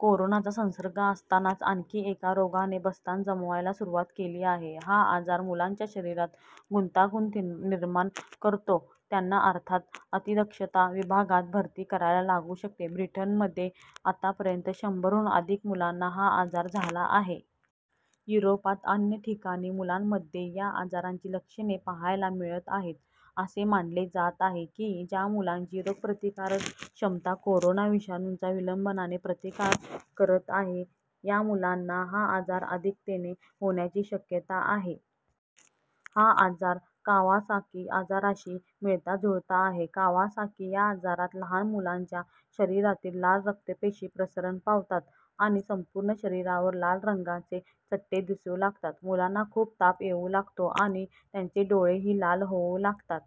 कोरोनाचा संसर्ग असतानाच आणखी एका रोगाने बस्तान जमवायला सुरुवात केली आहे. हा आजार मुलांच्या शरीरात गुंतागुंत निर्माण करतो. त्यांना अर्थात अतिदक्षता विभागात भरती करायला लागू शकते. ब्रिटनमध्ये आतापर्यंत शंभरहून अधिक मुलांना हा आजार झाला आहे. युरोपात अन्य ठिकाणीही मुलांमध्ये या आजाराची लक्षणे पाहायला मिळत आहेत. असे मानले जात आहे की, ज्या मुलांची रोगप्रतिकारक क्षमता कोरोना विषाणूचा विलंबाने प्रतिकार करत आहे या मुलांना हा आजार अधिकतेने होण्याची शक्यता आहे. हा आजार कावासाकी आजाराशी मिळताजुळता आहे. कावासाकी या आजारात लहान मुलांच्या शरीरातील लाल रक्तपेशी प्रसरण पावतात आणि संपूर्ण शरीरावर लाल रंगाचे चट्टे दिसू लागतात. मुलांना खूप ताप येऊ लागतो आणि त्यांचे डोळेही लाल होऊ लागतात.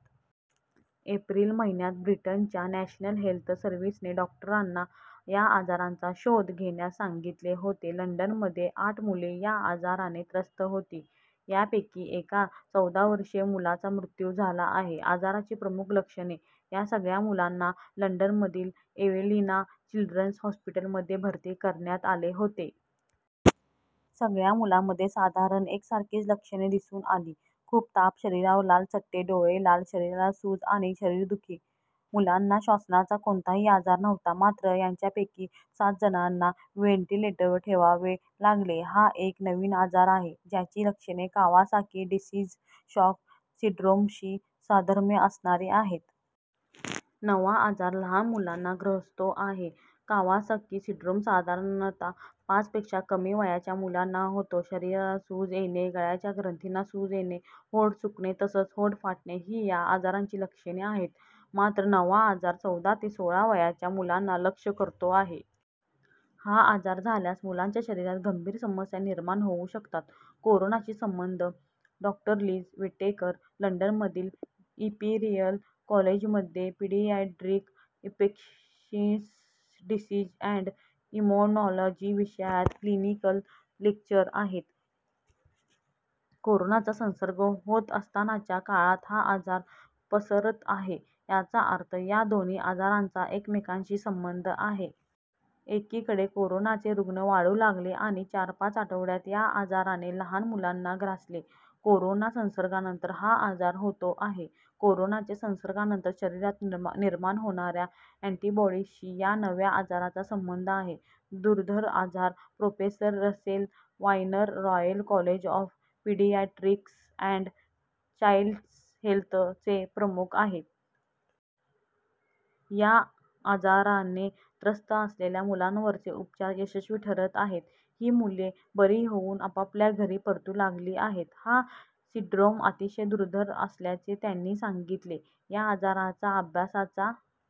एप्रिल महिन्यात ब्रिटनच्या नॅशनल हेल्थ सर्व्हिसने डॉक्टरांना या आजाराचा शोध घेण्यास सांगितले होते. लंडनमध्ये आठ मुले या आजाराने त्रस्त होती. यापैकी एका चौदावर्षीय मुलाचा मृत्यू झाला आहे. आजाराची प्रमुख लक्षणे - या सगळ्या मुलांना लंडनमधील एवेलिना चिल्ड्रन्स हॉस्पिटलमध्ये भरती करण्यात आले होते. सगळ्या मुलांमध्ये साधारण एकसारखीच लक्षणे दिसून आली- खूप ताप, शरीरावर लाल चट्टे, डोळे लाल, शरीराला सूज आणि शरीरदुखी. मुलांना श्वसनाचा कोणताही आजार नव्हता. मात्र यांच्यापैकी सातजणांना व्हेंटिलेटरवर ठेवावे लागले. हा एक नवीन आजार आहे, ज्याची लक्षणे कावासाकी डिसीज शॉक सिंड्रोमशी साधर्म्य असणारी आहेत. नवा आजार लहान मुलांना ग्रासतो आहे. कावासाकी सिंड्रोम साधारणतः पाचपेक्षा कमी वयाच्या मुलांना होतो. शरीराला सूज येणे, गळ्याच्या ग्रंथींना सूज येणे, ओठ सुकणे तसंच ओठ फाटणे ही या आजाराची लक्षणे आहेत. मात्र नवा आजार चौदा ते सोळा वयाच्या मुलांना लक्ष्य करतो आहे. हा आजार झाल्यास मुलांच्या शरीरात गंभीर समस्या निर्माण होऊ शकतात. कोरोनाशी संबंध - डॉक्टर लिज विटेकर लंडनमधील इंपीरियल कॉलेजमध्ये paediatric infectious disease and immunology विषयात क्लिनिकल लेक्चरर आहेत. कोरोनाचा संसर्ग होत असतानाच्या काळात हा आजार पसरत आहे याचा अर्थ या दोन्ही आजारांचा एकमेकांशी संबंध आहे. एकीकडे कोरोनाचे रुग्ण वाढू लागले आणि चार-पाच आठवड्यात या आजाराने लहान मुलांना ग्रासले. कोरोना संसर्गानंतर हा आजार होतो आहे. कोरोनाच्या संसर्गानंतर शरीरात निर्माण होणाऱ्या अँटिबॉडीशी या नव्या आजाराचा संबंध आहे. दुर्धर आजार - professor Russell Viner Royal College of Paediatrics and Child हेल्थचे प्रमुख आहेत. या आजाराने त्रस्त असलेल्या मुलांवरचे उपचार यशस्वी ठरत आहेत. ही मुले बरी होऊन आपापल्या घरी परतू लागली आहेत. हा सिंड्रोम अतिशय दुर्धर असल्याचे त्यांनी सांगितले. या आजाराचा अभ्यासाचा